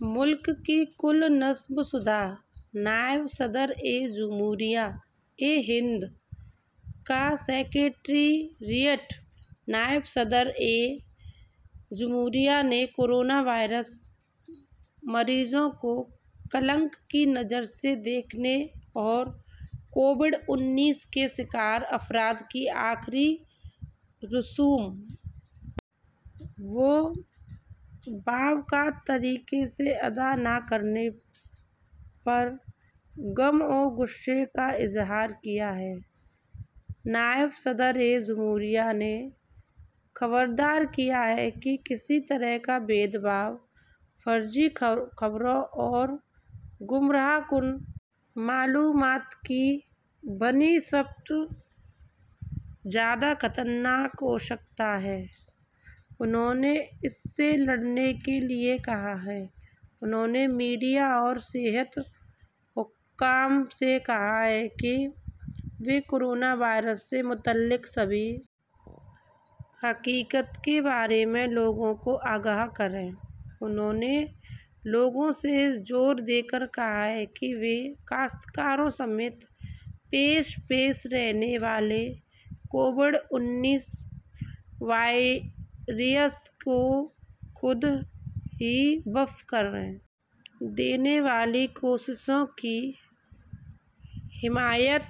ملک کی کل نصب شدہ نائب صدر جمہوریہ ہند کا سکریٹریٹ نائب صدر جمہوریہ نے کورونا وائرس مریضوں کو کلنک کی نظر سے دیکھنے اور کووڈ انیس کے شکار افراد کی آخری رسوم کو باوقار طریقے سے ادا نہ کرنے پر غم و غصے کا اظہار کیا ہے نائب صدر جمہوریہ نے خبردار کیا ہے کہ کسی طرح کا بھید بھاؤ فرضی خبروں اور گمراہ کن معلومات کی بنسبت زیادہ خطرناک ہو سکتا ہے انہوں نے اس سے لڑنے کے لیے کہا ہے انہوں نے میڈیا اور صحت حکام سے کہا ہے کہ وہ کورونا وائرس سے متعلق سبھی حقائق کے بارے میں لوگوں کو آگاہ کریں انہوں نے لوگوں سے زور دے کر کہا ہے کہ وہ کسانوں سمیت پیش پیش رہنے والے کووڈ انیس واریئرس کی خود کو وقف کر دینے والی کوششوں کی حمایت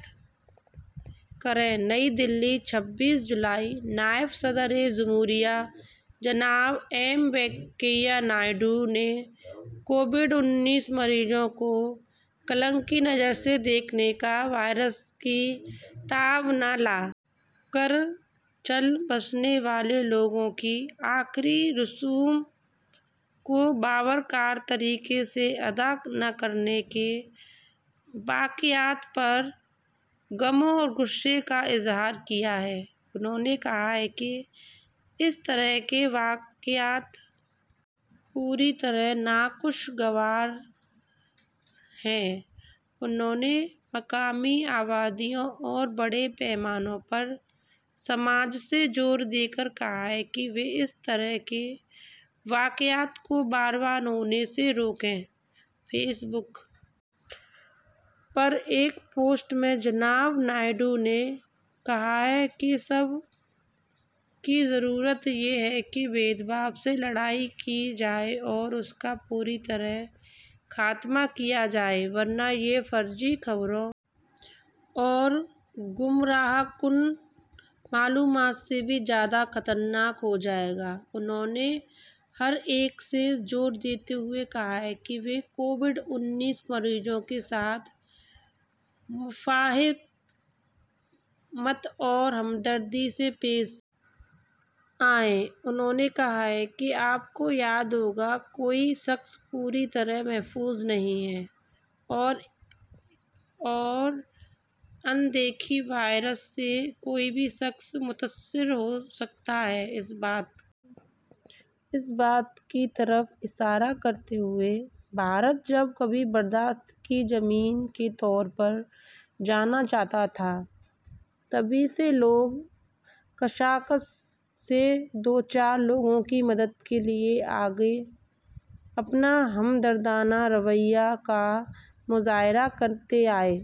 کریں نئی دہلی چھبیس جولائی نائب صدر جمہوریہ جناب ایم وینکیا نائیڈو نے کووڈ انیس مریضوں کو کلنک کی نظر سے دیکھنے اور وائرس کی تاب نہ لا کر چل بسنے والے لوگوں کی آخری رسوم کو باوقار طریقے سے ادا نہ کرنے کے واقعات پر غم و غصے کا اظہار کیا ہے انہوں نے کہا کہ اس طرح کے واقعات پوری طرح ناخوشگوار ہیں انہوں نے مقامی آبادیوں اور بڑے پیمانے پر سماج سے زور دے کر کہا ہے کہ وہ اس طرح کے واقعات کو بار بار ہونے سے روکیں فیس بک پر ایک پوسٹ میں جناب نائیڈو نے کہا کہ سب کی ضرورت یہ ہے کہ بھید بھاؤ سے لڑائی کی جائے اور اس کا پوری طرح خاتمہ کیا جائے ورنہ یہ فرضی خبروں اور گمراہ کن معلومات سے بھی زیادہ خطرناک ہو جائے گا انہوں نے ہر ایک سے زور دیتے ہوئے کہا ہے کہ وہ کووڈ انیس مریضوں کے ساتھ مفاہمت اور ہمدردی سے پیش آئے انہوں نے کہا کہ آپ کو یاد ہوگا کہ کوئی بھی شخص پوری طرح محفوظ نہیں ہے اور اس ان دیکھے وائرس سے کوئی بھی شخص متاثر ہو سکتا ہے اس بات کی طرف اشارہ کرتے ہوئے کہ بھارت جب کبھی برداشت کی زمین کے طور پر جانا جاتا تھا تبھی سے لوگ کشیدگی سے دوچار لوگوں کی مدد کے لیے آگے آ کر اپنے ہمدردانہ رویے کا مظاہرہ کرتے آئے